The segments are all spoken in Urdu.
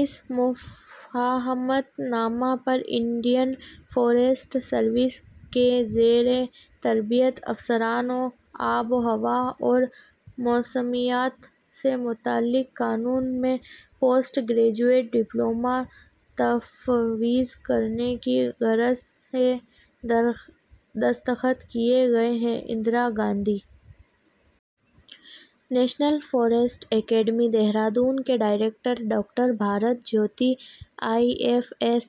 اس مفاہمت نامہ پر انڈین فوریسٹ سروس کے زیر تربیت افسران کو آب وہوا اور موسمیات سے متعلق قانون میں پوسٹ گریجویٹ ڈپلومہ تفویض کرنے کی غرض سے دستخط کئے گئے ہیں۔ Indira Gandhi national forest academy Dehradun کے director doctor Bharat Jyoti I F S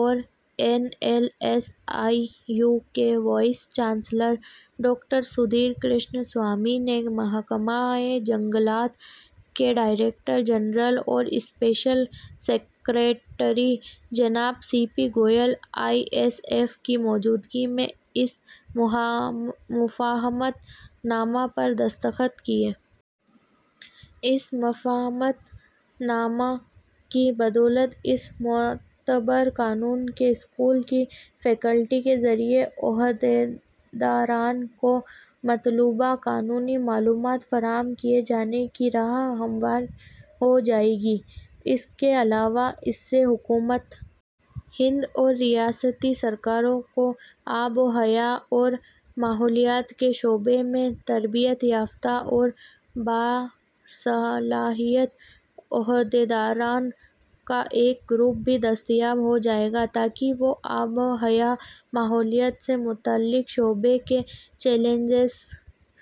اور N L S I U کے vice chancellor doctor Sudhir Krishnaswamy نے محکمہ جنگلات کے ڈائریکٹر جنرل اور اسپیشل سکریٹری جناب C P Goel I F S کی موجودگی میں اس مفاہمت نامہ دستخط کئے گئے۔ اس مفاہمت نامہ کی بدولت، اس مقتدر قانون کے اسکول کی فیکلٹی کے ذریعہ عہدیداران کو مطلوبہ قانونی معلومات فراہم کئے جانے کی راہ ہموار ہوجائے گی۔ اس کے علاوہ اس سے حکومت ہند اور ریاستی سرکاروں کو آب وہوا اور ماحولیات کے شعبے میں تربیت یافتہ اور باصلاحیت عہدیداروں کا ایک گروپ بھی دستیاب ہوجائے گا، تاکہ وہ آب وہوا، ماحولیات سے متعلق شعبے کے چیلنجوں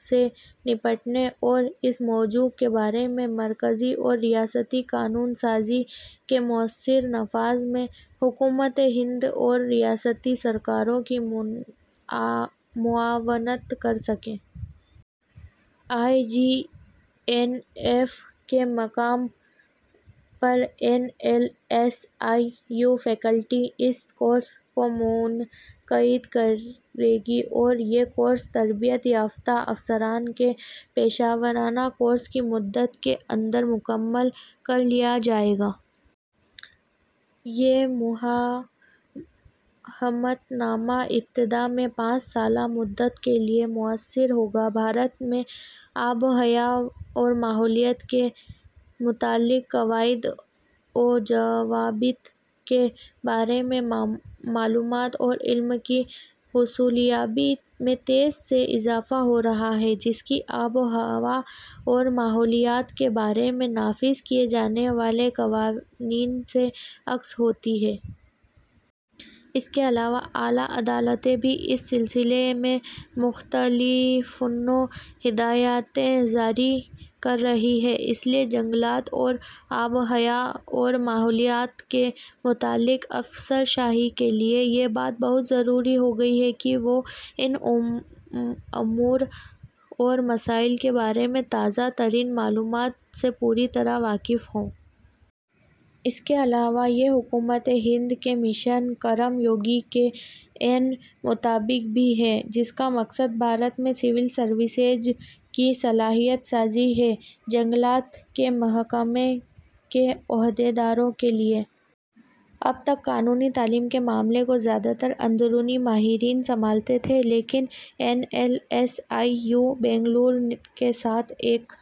سے نمٹنے اور اس موضوع کے بارے میں مرکزی اور ریاستی قانون سازی کے مؤثر نفاذ میں حکومت ہند اور ریاستی سرکاروں کی معاونت کرسکیں۔ آئی جی این ایف اے کے مقام پر N L S I U faculty, اس کورس کو منعقد کرے گی اور یہ کورس، تربیت یافتہ افسران کے پیشہ ورانہ کورس کی مدت کے اندر مکمل کرلیا جائے گا۔ یہ مفاہمت نامہ، ابتدا میں پانچ سالہ مدت کیلئے مؤثر ہوگا۔ بھارت میں آب وہوا اور ماحولیات سے متعلق قواعد وضوابط کے بارے میں معلومات اور علم کی حصولیابی میں تیزی سے اضافہ ہورہا ہے، جس کی آب وہوا اور ماحولیات کے بارے میں نافذ کئے جانے والے قوانین سے عکاسی ہوتی ہے۔ اس کے علاوہ اعلیٰ عدالتیں بھی اس سلسلے میں مختلف النوع ہدایتیں جاری کررہی ہے۔ اس لیے، جنگلات اور آب وہوا اور ماحولیات سے متعلق افسر شاہی کے لئے یہ بات بہت ضروری ہوگئی ہے کہ وہ ان امور اور مسائل کے بارے میں تازہ ترین معلومات سے پوری طرح واقف ہوں۔ اس کے علاوہ یہ حکومت ہند کے مشن، کرم یوگی کے عین مطابق بھی ہے، جس کا مقصد بھارت میں سول سروسز کی صلاحیت سازی ہے۔ جنگلات کے محکمے کے عہدیداروں کے لئے اب تک قانونی تعلیم کے معاملے کو زیادہ تر اندرونی ماہرین سنبھالتے تھے، لیکن N L S I U Bengaluru کے ساتھ ایک